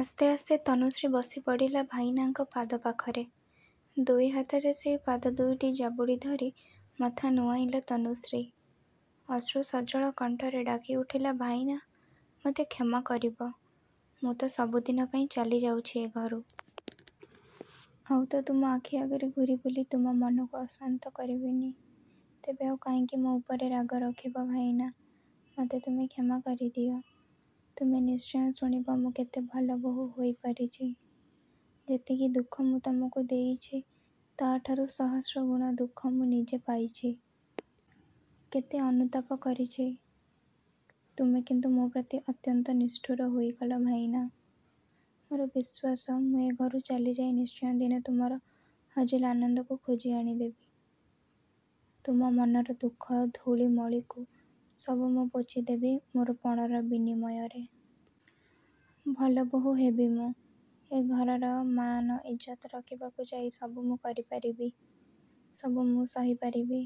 ଆସ୍ତେ ଆସ୍ତେ ତନୁଶ୍ରୀ ବସି ପଡ଼ିଲା ଭାଇନାଙ୍କ ପାଦ ପାଖରେ। ଦୁଇ ହାତରେ ସେଇ ପାଦ ଦୁଇଟି ଜାବୁଡ଼ି ଧରି ମଥା ନୁଆଁଇଲା ତନୁଶ୍ରୀ। ଅଶ୍ରୁ ସଜଳ କଣ୍ଠରେ ଡାକି ଉଠିଲା ଭାଇନା, ମତେ କ୍ଷମା କରିବ। ମୁଁ ତ ସବୁଦିନ ପାଇଁ ଚାଲି ଯାଉଛି ଏ ଘରୁ। ଆଉ ତ ତୁମ ଆଖି ଆଗରେ ଘୂରି ବୁଲି ତୁମ ମନକୁ ଅଶାନ୍ତ କରିବିନି, ତେବେ ଆଉ କାହିଁକି ମୋ ଉପରେ ରାଗ ରଖିବ ଭାଇନା, ମତେ ତୁମେ କ୍ଷମା କରିଦିଅ। ତୁମେ ନିଶ୍ଚୟ ଶୁଣିବ ମୁଁ କେତେ ଭଲ ବୋହୂ ହୋଇ ପାରିଛି। ଯେତିକି ଦୁଃଖ ମୁଁ ତୁମକୁ ଦେଇଛି ତା'ଠାରୁ ସହସ୍ର ଗୁଣ ଦୁଃଖ ମୁଁ ନିଜେ ପାଇଛି। କେତେ ଅନୁତାପ କରିଛି। ତୁମେ କିନ୍ତୁ ମୋ ପ୍ରତି ଅତ୍ୟନ୍ତ ନିଷ୍ଠୁର ହୋଇଗଲ ଭାଇନା। ମୋର ବିଶ୍ୱାସ ମୁଁ ଏ ଘରୁ ଚାଲି ଯାଇ ନିଶ୍ଚୟ ଦିନେ ତୁମର ହଜିଲା ଆନନ୍ଦକୁ ଖୋଜି ଆଣି ଦେବି। ତୁମ ମନର ଦୁଃଖ ଧୂଳିମଳିକୁ ସବୁ ମୁଁ ପୋଛି ଦେବି ମୋର ପଣର ବିନିମୟରେ। ଭଲ ବୋହୂ ହେବି ମୁଁ। ଏ ଘରର ମାନ ଇଜ୍ଜତ ରଖିବାକୁ ଯାଇ ସବୁ ମୁଁ କରି ପାରିବି। ସବୁ ମୁଁ ସହି ପାରିବି।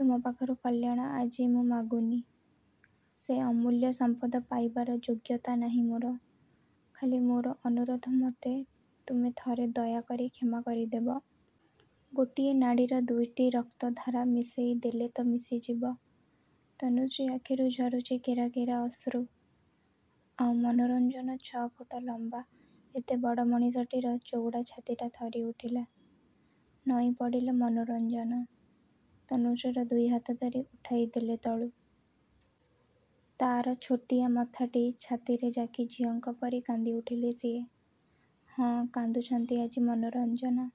ତୁମ ପାଖରୁ କଲ୍ୟାଣ ଆଜି ମୁଁ ମାଗୁନି। ସେ ଅମୂଲ୍ୟ ସମ୍ପଦ ପାଇବାର ଯୋଗ୍ୟତା ନାହିଁ ମୋର। ଖାଲି ମୋର ଅନୁରୋଧ ମତେ ତୁମେ ଥରେ ଦୟାକରି କ୍ଷମା କରି ଦେବ। ଗୋଟିଏ ନାଡ଼ିର ଦୁଇଟି ରକ୍ତଧାରା ମିଶେଇ ଦେଲେ ତ ମିଶିଯିବ। ତନୁଶ୍ରୀ ଆଖିରୁ ଝରୁଛି କେରା କେରା ଅଶ୍ରୁ। ଆଉ ମନୋରଞ୍ଜନ ଛଅ ଫୁଟ ଲମ୍ବା ଏତେ ବଡ଼ ମଣିଷଟିର ଚଉଡ଼ା ଛାତିଟା ଥରି ଉଠିଲା। ନଇଁ ପଡ଼ିଲେ ମନୋରଞ୍ଜନ। ତନୁଶ୍ରୀର ଦୁଇ ହାତ ଧରି ଉଠାଇ ଦେଲେ ତଳୁ। ତା'ର ଛୋଟିଆ ମଥାଟି ଛାତିରେ ଯାକି ଝିଅଙ୍କ ପରି କାନ୍ଦି ଉଠିଲେ ସିଏ। ହଁ, କାନ୍ଦୁଛନ୍ତି ଆଜି ମନୋରଞ୍ଜନ।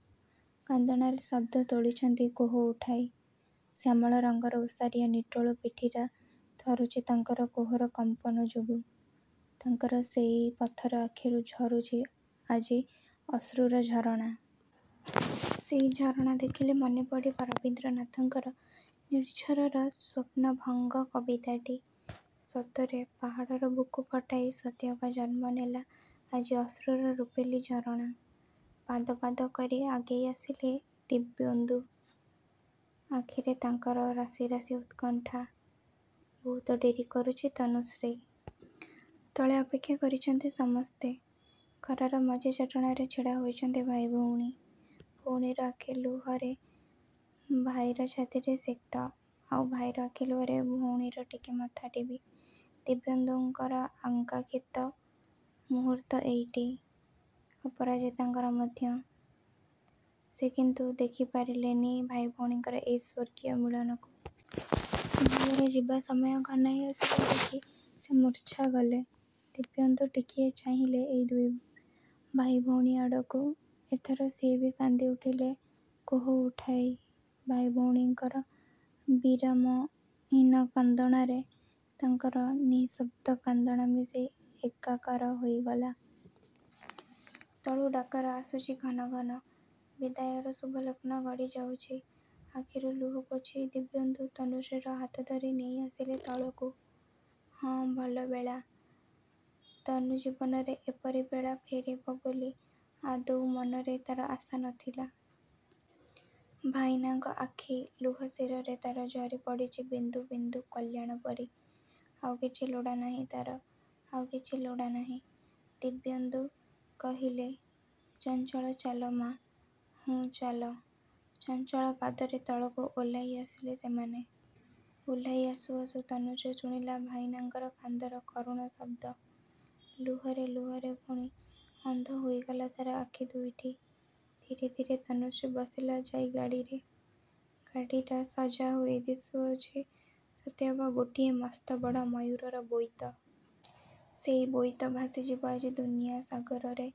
କାନ୍ଦଣାରେ ଶବ୍ଦ ତୋଳିଛନ୍ତି କୋହ ଉଠାଇ। ଶ୍ୟାମଳ ରଙ୍ଗର ଓସାରିଆ ନିଟୋଳ ପିଠିଟା ଥରୁଛି ତାଙ୍କର କୋହର କମ୍ପନ ଯୋଗୁଁ। ତାଙ୍କର ସେଇ ପଥର ଆଖିରୁ ଝରୁଛି ଆଜି ଅଶ୍ରୁର ଝରଣା। ସେଇ ଝରଣା ଦେଖିଲେ ମନେ ପଡ଼ିବ ରବୀନ୍ଦ୍ରନାଥଙ୍କର 'ନିର୍ଝରର ସ୍ୱପ୍ନଭଙ୍ଗ' କବିତାଟି। ସତରେ, ପାହାଡ଼ର ବୁକୁ ଫଟାଇ ସତେଅବା ଜନ୍ମ ନେଲା ଆଜି ଅଶ୍ରୁର ରୂପେଲି ଝରଣା। ପାଦ, ପାଦ କରି ଆଗେଇ ଆସିଲେ ଦିବ୍ୟେନ୍ଦୁ। ଆଖିରେ ତାଙ୍କର ରାଶି ରାଶି ଉତ୍କଣ୍ଠା। ବହୁତ ଡେରି କରୁଛି ତନୁଶ୍ରୀ। ତଳେ ଅପେକ୍ଷା କରିଛନ୍ତି ସମସ୍ତେ। ଘରର ମଝି ଚଟାଣରେ ଛିଡ଼ା ହୋଇଛନ୍ତି ଭାଇ ଭଉଣୀ। ଭଉଣୀର ଆଖି ଲୁହରେ ଭାଇର ଛାତିଟି ସିକ୍ତ, ଆଉ ଭାଇର ଆଖି ଲୁହରେ ଭଉଣୀର ଟିକି ମଥାଟି ବି। ଦିବ୍ୟେନ୍ଦୁଙ୍କର ଆକାଂକ୍ଷିତ ମୁହୂର୍ତ୍ତ ଏଇଟି। ଅପରାଜିତାଙ୍କର ମଧ୍ୟ। ସେ କିନ୍ତୁ ଦେଖି ପାରିଲେନି ଭାଇ ଭଉଣୀଙ୍କର ଏଇ ସ୍ୱର୍ଗୀୟ ମିଳନକୁ। ଝିଅର ଯିବା ସମୟ ଘନାଇ ଆସିଲା ଦେଖି ସେ ମୂର୍ଚ୍ଛା ଗଲେ। ଦିବ୍ୟେନ୍ଦୁ ଟିକିଏ ଚାହିଁଲେ ଏଇ ଦୁଇ ଭାଇ ଭଉଣୀ ଆଡ଼କୁ। ଏଥର ସିଏ ବି କାନ୍ଦି ଉଠିଲେ କୋହ ଉଠାଇ। ଭାଇ ଭଉଣୀଙ୍କର ବିରାମହୀନ କାନ୍ଦଣାରେ ତାଙ୍କର ନିଃଶବ୍ଦ କାନ୍ଦଣା ମିଶି ଏକାକାର ହୋଇଗଲା। ତଳୁ ଡାକରା ଆସୁଛି ଘନ ଘନ। ବିଦାୟର ଶୁଭଲଗ୍ନ ଗଡ଼ି ଯାଉଛି। ଆଖିରୁ ଲୁହ ପୋଛି ଦିବ୍ୟେନ୍ଦୁ ତନୁଶ୍ରୀର ହାତ ଧରି ନେଇ ଆସିଲେ ତଳକୁ। ହଁ ଭଲ ବେଳା। ତନୁ ଜୀବନରେ ଏପରି ବେଳା ଫେରିବ ବୋଲି ଆଦୌ ମନରେ ତା'ର ଆଶା ନଥିଲା। ଭାଇନାଙ୍କ ଆଖି ଲୁହ ଶିରରେ ତା'ର ଝରି ପଡ଼ିଛି ବିନ୍ଦୁ ବିନ୍ଦୁ କଲ୍ୟାଣ ପରି। ଆଉ କିଛି ଲୋଡ଼ା ନାହିଁ ତା'ର, ଆଉ କିଛି ଲୋଡ଼ା ନାହିଁ। ଦିବ୍ୟେନ୍ଦୁ କହିଲେ ଚଞ୍ଚଳ ଚାଲ ମାଆ। ହୁଁ ଚାଲ। ଚଞ୍ଚଳ ପାଦରେ ତଳକୁ ଓହ୍ଲା‌ଇ ଆସିଲେ ସେମାନେ। ଓହ୍ଲା‌ଇ ଆସୁ ଆସୁ ତନୁଶ୍ରୀ ଶୁଣିଲା ଭାଇନାଙ୍କର କାନ୍ଦର କରୁଣ ଶବ୍ଦ। ଲୁହରେ ଲୁହରେ ପୁଣି ଅନ୍ଧ ହୋଇଗଲା ତା'ର ଆଖି ଦୁଇଟି। ଧୀରେ ଧୀରେ ତନୁଶ୍ରୀ ବସିଲା ଯାଇ ଗାଡ଼ିରେ। ଗାଡ଼ିଟା ସଜା ହୋଇ ଦିଶୁଛି ସତେଅବା ଗୋଟିଏ ମସ୍ତ ବଡ଼ ମୟୂରର ବୋଇତ। ସେଇ ବୋଇତ ଭାସି ଯିବ ଆଜି ଦୁନିଆ ସାଗରରେ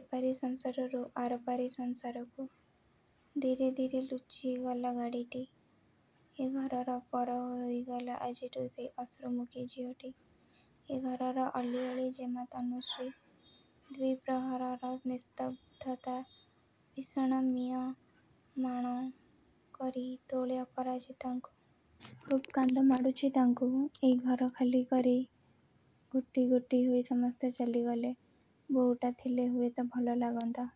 ଏପାରି ସଂସାରରୁ ଆରପାରି ସଂସାରକୁ। ଧୀରେ ଧୀରେ ଲୁଚି ଗଲା ଗାଡ଼ିଟି। ଏ ଘରର ପର ହୋଇଗଲା ଆଜିଠୁ ସେଇ ଅଶ୍ରୁମୁଖୀ ଝିଅଟି ଏ ଘରର ଅଲିଅଳି ଜେମା ତନୁଶ୍ରୀ। ଦ୍ୱିପ୍ରହରର ନିସ୍ତବ୍ଧତା ଭୀଷଣ ମ୍ରିୟମାଣ କରି ତୋଳେ ଅପରାଜିତାଙ୍କୁ। ଖୁବ୍ କାନ୍ଦ ମାଡ଼ୁଛି ତାଙ୍କୁ। ଏଇ ଘର ଖାଲି କରି ଗୋଟି ଗୋଟି ହୋଇ ସମସ୍ତେ ଚାଲିଗଲେ। ବୋହୂଟା ଥିଲେ ହୁଏତ ଭଲ ଲାଗନ୍ତା।